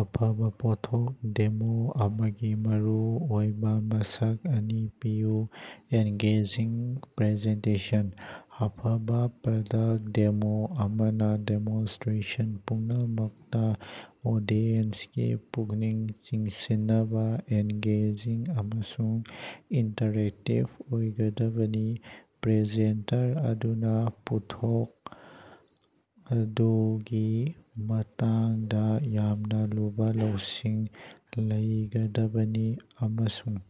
ꯑꯐꯕ ꯄꯣꯠꯊꯣꯛ ꯗꯦꯃꯣ ꯑꯃꯒꯤ ꯃꯔꯨꯑꯣꯏꯕ ꯃꯁꯛ ꯑꯅꯤ ꯄꯤꯌꯨ꯫ ꯑꯦꯡꯒꯦꯖꯤꯡ ꯄꯔꯖꯦꯟꯇꯦꯁꯟ ꯑꯐꯕ ꯄꯔꯗꯛ ꯗꯦꯃꯣ ꯑꯃꯅ ꯗꯦꯃꯣꯟꯁꯇꯔꯦꯁꯟ ꯄꯨꯝꯅꯃꯛꯇ ꯑꯣꯗꯤꯁꯟꯒꯤ ꯄꯨꯛꯅꯤꯡ ꯆꯤꯡꯁꯤꯟꯅꯕ ꯑꯦꯡꯒꯦꯖꯤꯡ ꯑꯃꯁꯨꯡ ꯏꯟꯇꯔꯦꯛꯇꯤꯚ ꯑꯣꯏꯒꯗꯕꯅꯤ꯫ ꯄꯔꯖꯦꯟꯇꯦꯇꯔ ꯑꯗꯨꯅ ꯄꯣꯠꯊꯣꯛ ꯑꯗꯨꯒꯤ ꯃꯇꯥꯡꯗ ꯌꯥꯝꯅ ꯂꯨꯕ ꯂꯧꯁꯤꯡ ꯂꯩꯒꯗꯕꯅꯤ ꯑꯃꯁꯨꯡ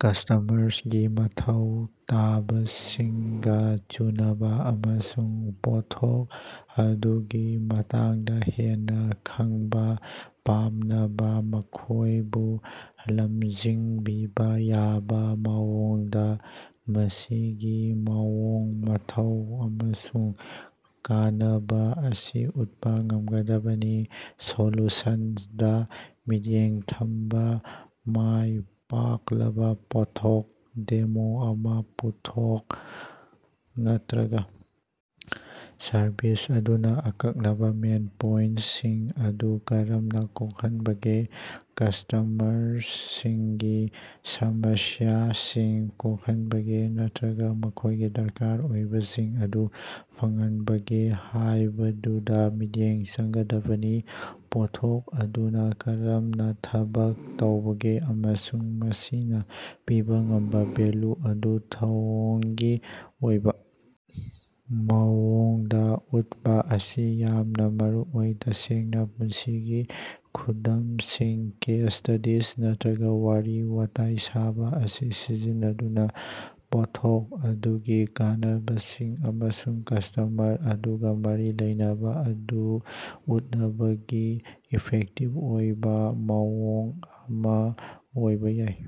ꯀꯁꯇꯃꯔꯁꯒꯤ ꯃꯊꯧ ꯇꯥꯕꯁꯤꯡꯒ ꯆꯨꯅꯕ ꯑꯃꯁꯨꯡ ꯄꯣꯠꯊꯣꯛ ꯑꯗꯨꯒꯤ ꯃꯇꯥꯡꯗ ꯍꯦꯟꯅ ꯈꯪꯕ ꯄꯥꯝꯅꯕ ꯃꯈꯣꯏꯕꯨ ꯂꯝꯖꯤꯡꯕꯤꯕ ꯌꯥꯕ ꯃꯑꯣꯡꯗ ꯃꯁꯤꯒꯤ ꯃꯑꯣꯡ ꯃꯇꯧ ꯑꯃꯁꯨꯡ ꯀꯥꯟꯅꯕ ꯑꯁꯤ ꯎꯠꯄ ꯉꯝꯒꯗꯕꯅꯤ꯫ ꯁꯣꯂꯨꯁꯟꯗ ꯃꯤꯠꯌꯦꯡ ꯊꯝꯕ ꯃꯥꯏ ꯄꯥꯛꯂꯕ ꯄꯣꯠꯊꯣꯛ ꯗꯦꯃꯣ ꯑꯃꯅ ꯄꯣꯠꯊꯣꯛ ꯅꯠꯇ꯭ꯔꯒ ꯁꯔꯚꯤꯁ ꯑꯗꯨꯅ ꯑꯀꯛꯅꯕ ꯃꯦꯟ ꯄꯣꯏꯟꯁꯤꯡ ꯑꯗꯨ ꯀꯔꯝꯅ ꯀꯣꯛꯍꯟꯕꯒꯦ ꯀꯁꯇꯃꯔꯁꯤꯡꯒꯤ ꯁꯝꯁꯌꯥꯁꯤꯡ ꯀꯣꯛꯍꯟꯕꯒꯦ ꯅꯠꯇ꯭ꯔꯒ ꯃꯈꯣꯏꯒꯤ ꯗꯔꯀꯥꯔ ꯑꯣꯏꯕꯁꯤꯡ ꯑꯗꯨ ꯐꯪꯍꯟꯕꯒꯦ ꯍꯥꯏꯕꯗꯨꯗ ꯃꯤꯠꯌꯦꯡ ꯆꯪꯒꯗꯕꯅꯤ꯫ ꯄꯣꯠꯊꯣꯛ ꯑꯗꯨꯅ ꯀꯔꯝꯅ ꯊꯕꯛ ꯇꯧꯕꯒꯦ ꯑꯃꯁꯨꯡ ꯃꯁꯤꯅ ꯄꯤꯕ ꯉꯝꯕ ꯚꯦꯜꯌꯨ ꯑꯗꯨ ꯊꯧꯑꯣꯡꯒꯤ ꯑꯣꯏꯕ ꯃꯑꯣꯡꯗ ꯎꯠꯄ ꯑꯁꯤ ꯌꯥꯝꯅ ꯃꯔꯨꯑꯣꯏ꯫ ꯇꯁꯦꯡꯕ ꯄꯨꯟꯁꯤꯒꯤ ꯈꯨꯗꯝꯁꯤꯡ ꯀꯦꯁ ꯁꯇꯗꯤꯁꯤꯡ ꯅꯠꯇ꯭ꯔꯒ ꯋꯥꯔꯤ ꯋꯥꯇꯥꯏ ꯁꯥꯕ ꯑꯁꯤ ꯁꯤꯖꯤꯟꯅꯗꯨꯅ ꯄꯣꯠꯊꯣꯛ ꯑꯗꯨꯒꯤ ꯀꯥꯟꯅꯕꯁꯤꯡ ꯑꯃꯁꯨꯡ ꯀꯁꯇꯃꯔ ꯑꯗꯨꯒ ꯃꯔꯤ ꯂꯩꯅꯕ ꯑꯗꯨ ꯎꯠꯅꯕꯒꯤ ꯏꯐꯦꯛꯇꯤꯚ ꯑꯣꯏꯕ ꯃꯑꯣꯡ ꯑꯃ ꯑꯣꯏꯕ ꯌꯥꯏ꯫